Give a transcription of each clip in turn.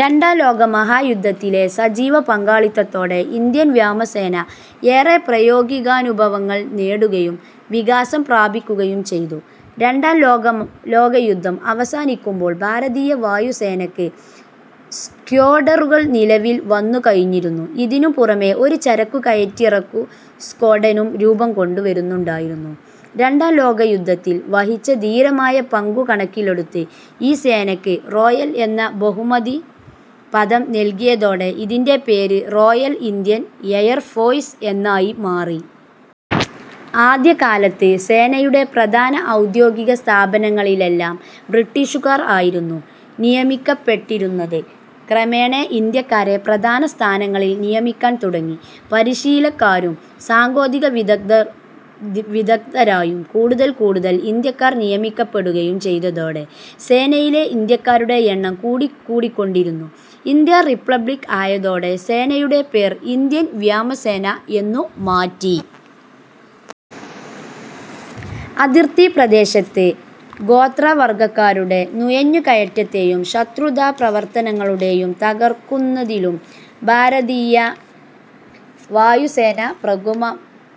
രണ്ടാംലോക മഹായുദ്ധത്തിലെ സജീവ പങ്കാളിത്തത്തോടെ ഇന്ത്യൻ വ്യോമസേന ഏറെ പ്രായോഗികാനുഭവങ്ങൾ നേടുകയും വികാസം പ്രാപിക്കുകയും ചെയ്തു. രണ്ടാം ലോകയുദ്ധം അവസാനിക്കുമ്പോൾ ഭാരതീയ വായുസേനക്ക് സ്ക്വാഡ്രനുകൾ നിലവിൽ വന്നുകഴിഞ്ഞിരുന്നു. ഇതിനും പുറമേ ഒരു ചരക്കു കയറ്റിറക്കു സ്ക്വാഡ്രനും രൂപംകൊണ്ടു വരുന്നുണ്ടായിരുന്നു. രണ്ടാം ലോകയുദ്ധത്തിൽ വഹിച്ച ധീരമായ പങ്കു കണക്കിലെടുത്ത് ഈ സേനയ്ക്ക് റോയൽ എന്ന ബഹുമതിപദം നൽകിയതോടെ ഇതിന്റെ പേര് റോയൽ ഇന്ത്യൻ എയർഫോഴ്സ് എന്നായി മാറി. ആദ്യകാലത്ത് സേനയുടെ പ്രധാന ഔദ്യോഗികസ്ഥാനങ്ങളിലെല്ലാം ബ്രിട്ടീഷുകാർ ആയിരുന്നു നിയമിക്കപ്പെട്ടിരുന്നത്. ക്രമേണ ഇന്ത്യാക്കാരെ പ്രധാന സ്ഥാനങ്ങളിൽ നിയമിക്കാൻ തുടങ്ങി. പരിശീലകരായും സാങ്കേതികവിദഗ്ദ്ധരായും കൂടുതൽ കൂടുതൽ ഇന്ത്യാക്കാർ നിയമിക്കപ്പെടുകയും ചെയ്തതോടെ സേനയിലെ ഇന്ത്യാക്കാരുടെ എണ്ണം കൂടിക്കൊണ്ടിരുന്നു. ഇന്ത്യ റിപ്പബ്ലിക്ക് ആയതോടെ സേനയുടെ പേർ ഇന്ത്യൻ വ്യോമസേന എന്നു മാറ്റി. അതിർത്തി പ്രദേശത്ത് ഗോത്രവർഗക്കാരുടെ നുഴഞ്ഞുകയറ്റത്തെയും ശത്രുതാപ്രവർത്തനങ്ങളെയും തകർക്കുന്നതിലും ഭാരതീയ വായുസേന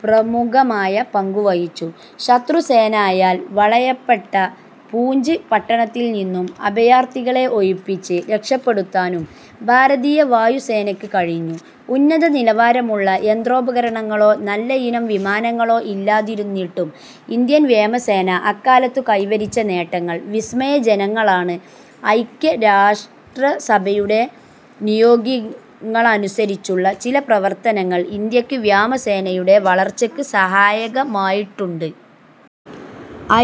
പ്രമുഖമായ പങ്കു വഹിച്ചു. ശത്രുസേനയാൽ വളയപ്പെട്ട പൂഞ്ച് പട്ടണത്തിൽനിന്നും അഭയാർഥികളെ ഒഴിപ്പിച്ച് രക്ഷപ്പെടുത്താനും ഭാരതീയ വായുസേനയ്ക്ക് കഴിഞ്ഞു. ഉന്നതനിലവാരമുള്ള യന്ത്രോപകരണങ്ങളോ, നല്ലയിനം വിമാനങ്ങളോ ഇല്ലാതിരുന്നിട്ടും ഇന്ത്യൻ വ്യോമസേന അക്കാലത്തു കൈവരിച്ച നേട്ടങ്ങൾ വിസ്മയജനകങ്ങളാണ്. ഐക്യരാഷ്ട്രസഭയുടെ നിയോഗങ്ങളനുസരിച്ചുള്ള ചില പ്രവർത്തനങ്ങൾ ഇന്ത്യൻ വ്യോമസേനയുടെ വളർച്ചയ്ക്ക് സഹായകമായിട്ടുണ്ട്.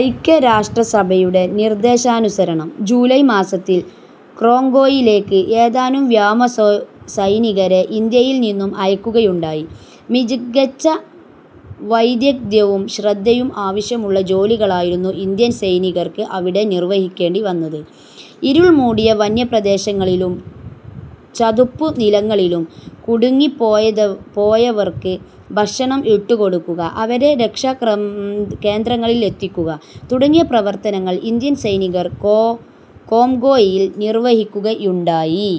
ഐക്യരാഷ്ട്രസഭയുടെ നിർദ്ദേശാനുസരണം ജൂലായ് മാസത്തിൽ കോംഗോയിലേക്ക് ഏതാനും വ്യോമസൈനികരെ ഇന്ത്യയിൽ നിന്നും അയക്കുകയുണ്ടായി. മികച്ച വൈദഗ്ദ്ധ്യവും ശ്രദ്ധയും ആവശ്യമുള്ള ജോലികളായിരുന്നു ഇന്ത്യൻ സൈനികർക്ക് അവിടെ നിർവഹിക്കേണ്ടി വന്നത്. ഇരുൾമൂടിയ വനപ്രദേശങ്ങളിലും ചതുപ്പുനിലങ്ങളിലും കുടുങ്ങിപ്പോയവർക്ക് ഭക്ഷണം ഇട്ടുകൊടുക്കുക, അവരെ രക്ഷാകേന്ദ്രങ്ങളിൽ എത്തിക്കുക. തുടങ്ങിയ പ്രവർത്തനങ്ങൾ ഇന്ത്യൻ സൈനികർ കോംഗോയിൽ നിർവഹിക്കുകയുണ്ടായി.